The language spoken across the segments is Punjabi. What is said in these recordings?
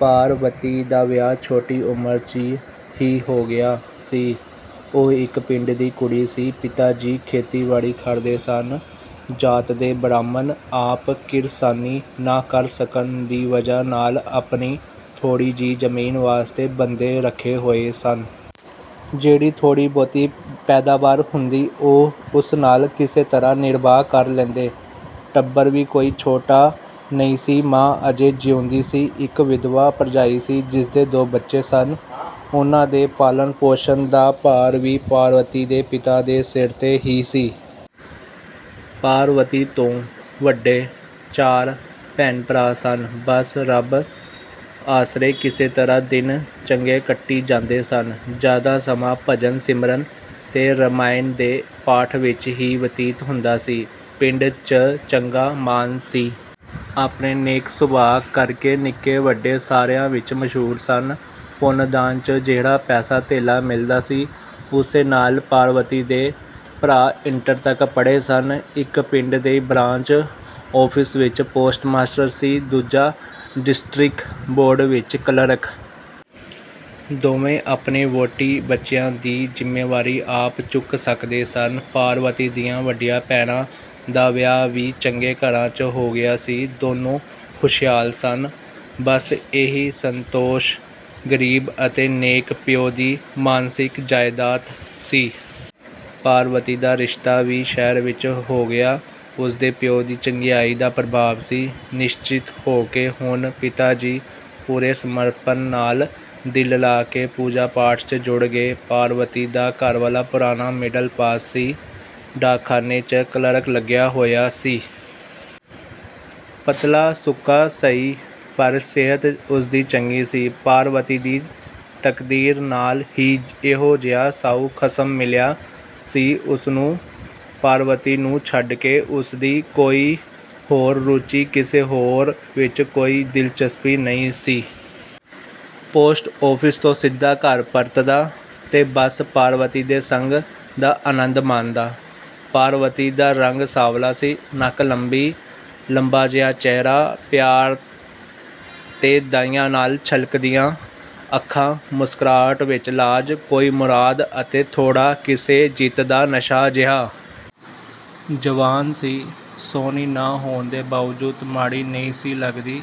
ਪਾਰਵਤੀ ਦਾ ਵਿਆਹ ਛੋਟੀ ਉਮਰ 'ਚ ਹੀ ਹੋ ਗਿਆ ਸੀ। ਉਹ ਇੱਕ ਪਿੰਡ ਦੀ ਕੁੜੀ ਸੀ। ਪਿਤਾ ਜੀ ਖੇਤੀਬਾੜੀ ਕਰਦੇ ਸਨ, ਜਾਤ ਦੇ ਬ੍ਰਾਹਮਣ। ਆਪ ਕਿਰਸਾਨੀ ਨਾ ਕਰ ਸਕਣ ਦੀ ਵਜ੍ਹਾ ਨਾਲ਼ ਆਪਣੀ ਥੋੜ੍ਹੀ ਜਿਹੀ ਜ਼ਮੀਨ ਵਾਸਤੇ ਬੰਦੇ ਰੱਖੇ ਹੋਏ ਸਨ। ਜਿਹੜੀ ਥੋੜ੍ਹੀ-ਬਹੁਤੀ ਪੈਦਾਵਾਰ ਹੁੰਦੀ, ਉਸ ਨਾਲ਼ ਕਿਸੇ ਤਰ੍ਹਾਂ ਨਿਰਬਾਹ ਕਰ ਲੈਂਦੇ। ਟੱਬਰ ਵੀ ਕੋਈ ਛੋਟਾ ਨਹੀਂ ਸੀ। ਮਾਂ ਅਜੇ ਜਿਉਂਦੀ ਸੀ, ਇੱਕ ਵਿਧਵਾ ਭਰਜਾਈ ਸੀ, ਜਿਸਦੇ ਦੋ ਬੱਚੇ ਸਨ। ਉਨ੍ਹਾਂ ਦੇ ਪਾਲਣ-ਪੋਸ਼ਣ ਦਾ ਭਾਰ ਵੀ ਪਾਰਵਤੀ ਦੇ ਪਿਤਾ 'ਤੇ ਹੀ ਸੀ। ਪਾਰਵਤੀ ਤੋਂ ਵੱਡੇ ਚਾਰ ਭੈਣ-ਭਰਾ ਸਨ। ਬੱਸ ਰੱਬ ਆਸਰੇ ਕਿਸੇ ਤਰ੍ਹਾਂ ਦਿਨ ਚੰਗੇ ਕੱਟੀ ਜਾਂਦੇ ਸਨ। ਜ਼ਿਆਦਾ ਸਮਾਂ ਭਜਨ-ਕੀਰਤਨ 'ਤੇ ਰਮਾਇਣ ਦੇ ਪਾਠ ਵਿੱਚ ਹੀ ਵਤੀਤ ਹੁੰਦਾ ਸੀ। ਪਿੰਡ 'ਚ ਚੰਗਾ ਮਾਣ ਸੀ। ਆਪਣੇ ਨੇਕ-ਸੁਭਾਅ ਕਰਕੇ ਨਿੱਕੇ-ਵੱਡੇ ਸਾਰਿਆਂ ਵਿੱਚ ਮਸ਼ਹੂਰ ਸਨ। ਪੁੰਨ-ਦਾਨ 'ਚ ਜਿਹੜਾ ਪੈਸਾ-ਧੇਲਾ ਮਿਲਦਾ ਸੀ, ਉਸੇ ਨਾਲ਼ ਪਾਰਵਤੀ ਦੇ ਭਰਾ ਇੰਟਰ ਤੱਕ ਪੜ੍ਹੇ ਸਨ। ਇੱਕ ਪਿੰਡ ਦੇ ਬ੍ਰਾਂਚ ਆਫ਼ਿਸ ਵਿੱਚ ਪੋਸਟਮਾਸਟਰ ਸੀ, ਦੂਜਾ ਡਿਸਟ੍ਰਿਕਟ ਬੋਰਡ 'ਚ ਕਲਰਕ। ਦੋਵੇਂ ਆਪਣੇ ਵਹੁਟੀ-ਬੱਚਿਆਂ ਦੀ ਜ਼ਿੰਮੇਵਾਰੀ ਆਪ ਚੁੱਕ ਸਕਦੇ ਸਨ। ਪਾਰਵਤੀ ਦੀਆਂ ਵੱਡੀਆਂ ਭੈਣਾਂ ਦਾ ਵਿਆਹ ਵੀ ਚੰਗੇ ਘਰਾਂ 'ਚ ਹੋ ਗਿਆ ਸੀ, ਦੋਨੋਂ ਖੁਸ਼ਹਾਲ ਸਨ। ਬੱਸ ਇਹੀ ਸੰਤੋਸ਼ ਗਰੀਬ ਅਤੇ ਨੇਕ ਪਿਉ ਦੀ ਮਾਨਸਿਕ ਜਾਇਦਾਦ ਸੀ। ਪਾਰਵਤੀ ਦਾ ਰਿਸ਼ਤਾ ਵੀ ਸ਼ਹਿਰ ਵਿੱਚ ਹੀ ਹੋ ਗਿਆ, ਉਸਦੇ ਪਿਉ ਦੀ ਚੰਗਿਆਈ ਦਾ ਪ੍ਰਭਾਵ ਸੀ। ਨਿਸ਼ਚਿੰਤ ਹੋ ਕੇ ਹੁਣ ਪਿਤਾ ਜੀ ਪੂਰੇ ਸਮਰਪਣ ਨਾਲ਼ ਦਿਲ ਲਾ ਕੇ ਪੂਜਾ-ਪਾਠ 'ਚ ਜੁੜ ਗਏ। ਪਾਰਵਤੀ ਦਾ ਘਰਵਾਲਾ ਪੁਰਾਣਾ ਮਿਡਲ ਪਾਸ ਸੀ, ਡਾਕਖਾਨੇ 'ਚ ਕਲਰਕ ਲੱਗਿਆ ਹੋਇਆ ਸੀ। ਪਤਲਾ-ਸੁੱਕਾ ਸਹੀ, ਪਰ ਸਿਹਤ ਉਸਦੀ ਚੰਗੀ ਸੀ। ਪਾਰਵਤੀ ਦੀ ਤਕਦੀਰ ਨਾਲ਼ ਹੀ ਇਹੋ ਜਿਹਾ ਸਾਊ ਖਸਮ ਮਿਲਿਆ ਸੀ ਉਸਨੂੰ। ਪਾਰਵਤੀ ਨੂੰ ਛੱਡਕੇ ਉਸਦੀ ਕੋਈ ਹੋਰ ਰੁਚੀ, ਕਿਸੇ ਹੋਰ ਵਿੱਚ ਕੋਈ ਦਿਲਚਸਪੀ ਨਹੀਂ ਸੀ। ਪੋਸਟ ਆਫ਼ਿਸ ਤੋਂ ਸਿੱਧਾ ਘਰ ਪਰਤਦਾ 'ਤੇ ਬੱਸ ਪਾਰਵਤੀ ਦੇ ਸੰਗ ਦਾ ਅਨੰਦ ਮਾਣਦਾ। ਪਾਰਵਤੀ ਦਾ ਰੰਗ ਸਾਂਵਲਾ ਸੀ। ਨੱਕ ਲੰਬੀ, ਲੰਬਾ ਜਿਹਾ ਚਿਹਰਾ, ਪਿਆਰ 'ਤੇ ਦਇਆ ਨਾਲ਼ ਛਲਕਦੀਆਂ ਅੱਖਾਂ, ਮੁਸਕਰਾਹਟ ਵਿੱਚ ਲਾਜ, ਕੋਈ ਮੁਰਾਦ ਅਤੇ ਥੋੜ੍ਹਾ ਕਿਸੇ ਜਿੱਤ ਦਾ ਨਸ਼ਾ ਜਿਹਾ। ਜਵਾਨ ਸੀ, ਸੁਹਣੀ ਨਾ ਹੋਣ ਦੇ ਬਾਵਜੂਦ ਮਾੜੀ ਨਹੀਂ ਸੀ ਲੱਗਦੀ।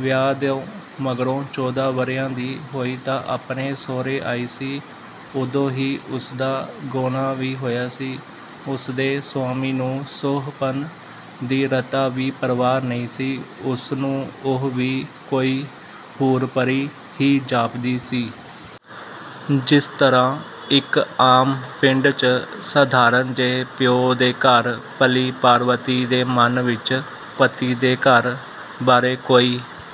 ਵਿਆਹ ਤੋਂ ਮਗਰੋਂ ਚੌਦ੍ਹਾਂ ਵਰ੍ਹਿਆਂ ਦੀ ਹੋਈ ਤਾਂ ਆਪਣੇ ਸਹੁਰੇ ਆਈ ਸੀ, ਉਦੋਂ ਹੀ ਉਸਦਾ ਗੌਣਾ ਵੀ ਹੋਇਆ ਸੀ। ਉਸਦੇ ਸਵਾਮੀ ਨੂੰ ਸੁਹੱਪਣ ਦੀ ਰਤਾ ਵੀ ਪਰਵਾਹ ਨਹੀਂ ਸੀ, ਉਸਨੂੰ ਉਹ ਵੀ ਕੋਈ ਹੂਰ-ਪਰੀ ਹੀ ਜਾਪਦੀ ਸੀ। ਜਿਸ ਤਰ੍ਹਾਂ ਇੱਕ ਆਮ ਪਿੰਡ 'ਚ ਸਧਾਰਣ ਜਿਹੇ ਪਿਉ ਦੇ ਘਰ ਪਲੀ ਪਾਰਵਤੀ ਦੇ ਮਨ ਵਿੱਚ ਪਤੀ ਦੇ ਘਰ ਬਾਰੇ ਕੋਈ